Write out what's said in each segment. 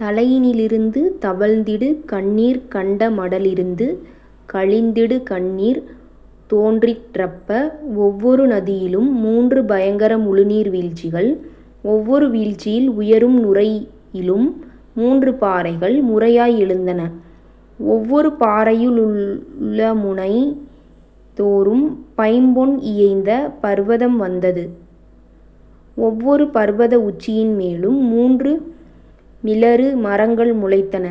தலையினி லிருந்து தவழ்ந்திடு கண்ணீர் கண்மட லிருந்து கழிந்திடு கண்ணீர். தோன்றிற் றப்பா ஒவ்வொரு நதியிலும் முன்று பயங்கர முழுநீர் வீழ்ச்சிகள், ஒவ்வொரு வீழ்ச்சியில் உயரும் நுரையிலும் முன்று பாறைகள் முறையாய் எழுந்தன, ஒவ்வொரு பாறை யுளமுனை தோறும் பைம்பொன் இயைந்த பருவதம் வந்தது, ஒவ்வொரு பருவத உச்சியின் மேலும் முன்று மிலாறு மரங்கள் முளைத்தன,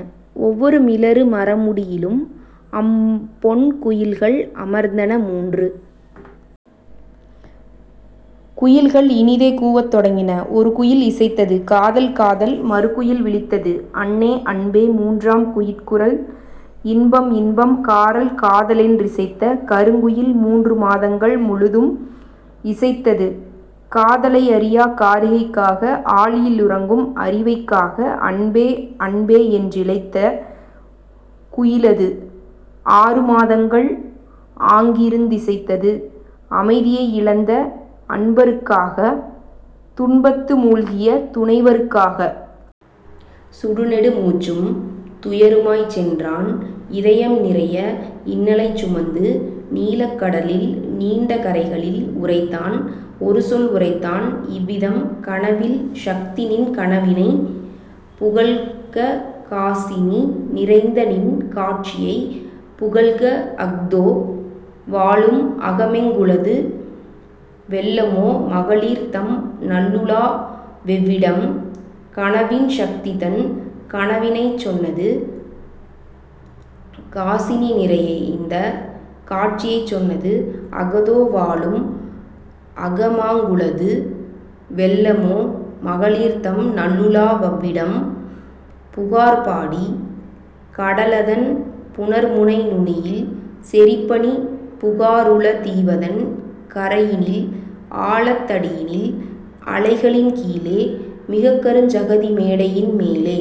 ஒவ்வொரு மிலாறு மரமுடி யினிலும் அம்பொன் குயில்கள் அமர்ந்தன முன்று. குயில்கள் இனிதே கூவத் தொடங்கின: ஒருகுயில் இசைத்தது:'காதல், காதல்! ' மறுகுயில் விளித்தது:'அன்னே, அன்பே! ' முன்றாம் குயிற்குரல்:'இன்பம், இன்பம்! ' 'காரல், காத' லென் றிசைத்த கருங்குயில் முன்றுமா தங்கள் முழுதும் இசைத்தது காதலை யறியாக் காரிகைக் காக ஆழியில் உறங்கும் அரிவைக் காக. 'அன்பே, அன்பே'யென் றழைத்த குயிலது ஆறுமா தங்கள் ஆங்கிருந் திசைத்தது அமைதியை இழந்த அன்பருக் காக துன்பத்து முழ்கிய துணைவருக் காக. சுடுநெடு மூச்சும் துயருமாய்ச் சென்றான் இதயம் நிறைய இன்னலைச் சுமந்து நீலக் கடலின் நீண்ட கரைகளில் உரைத்தான் ஒருசொல் உரைத்தான் இவ்விதம்: "கனவின் சக்திநின் கனவினைப் புகல்க காசினி நிறைந்தநின் காட்சியைப் புகல்க அஹ்தோ வாழும் அகமெங் குளது வெல்லமோ மகளிர்தம் நல்லுலா வெவ்விடம்? " கனவின் சக்திதன் கனவினைச் சொன்னது காசினி நிறைந்த காட்சியைச் சொன்னது: "அஹ்தோ வாழும் அகமாங் குளது வெல்லமோ மகளிர்தம் நல்லுலா வவ்விடம் புகார்பாடி கடலதன் புணர்முனை நுனியில் செறிபனிப் புகாருள தீவதன் கரையில் ஆழத் தடியினில் அலைகளின் கீழே மிகுகருஞ் சகதி மேடையின் மேலே.